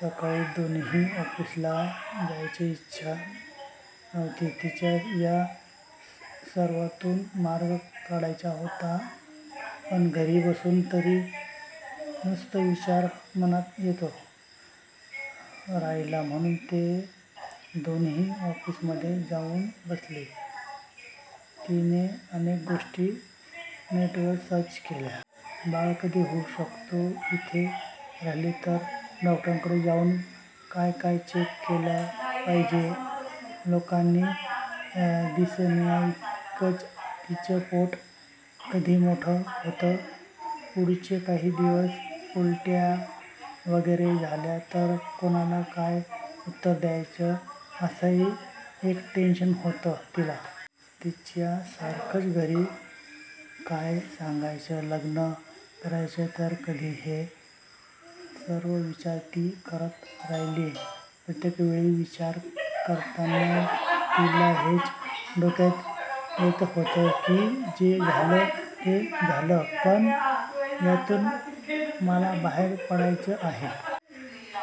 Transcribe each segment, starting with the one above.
सकाळी दोघांनाही ऑफिसला जायची इच्छा नव्हती. तिला या सर्वातून मार्ग काढायचा होता. पण घरी बसून तरी नुसते विचार मनात येत राहतील म्हणून ते दोघेही ऑफिसमध्ये जाऊन बसले. तिने अनेक गोष्टी नेटवर सर्च केल्या. बाळ कधी होऊ शकते, इथे राहिले तर डॉक्टरकडे जाऊन काय काय चेक केले पाहिजे, लोकांना दिसण्याइतपत तिचे पोट कधी मोठे होते. पुढचे काही दिवस उलट्या वगैरे झाल्या तर कुणाला काय उत्तर द्यावं असंही एक टेन्शन होतं तिला. त्याच्यासारखेच घरी काय सांगायचे, लग्न करायचे तर कधी हे सर्व विचार ती करत राहिली. प्रत्येकवेळी विचार करताना तिला हेच डोक्यात येत होते की जे झाले ते झाले पण यातून मला बाहेर पडायचे आहे.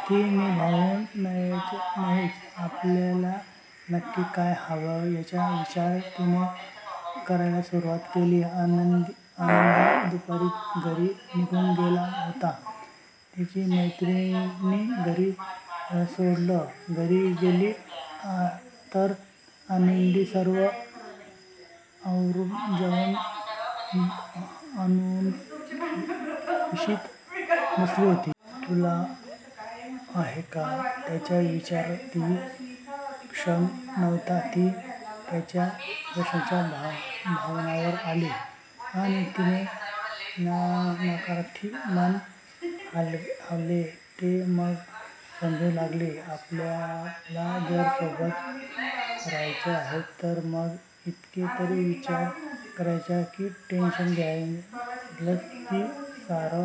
ते निभावून न्यायचे नाहीये. आपल्याला नक्की काय हवंय याचा विचार तिने करायला सुरुवात केली. आनंद दुपारीच घरी निघून गेला होता. तिला मैत्रिणीने घरी सोडले. घरी गेली तर आनंद सर्व आवरून, जेवण बनवून खुशीत बसला होता. तुला आहे का? ", त्याने विचारलं. तिचं लक्ष नव्हतं. ती त्याच्या प्रश्नाने भानावर आली. "आं! तिने नकारार्थी मान हलवली. तो मग समजावू लागला,"आपल्याला जर सोबत राहायचंच आहे तर मग इतका का विचार करायचा? का टेन्शन घेतेस? ती," अरे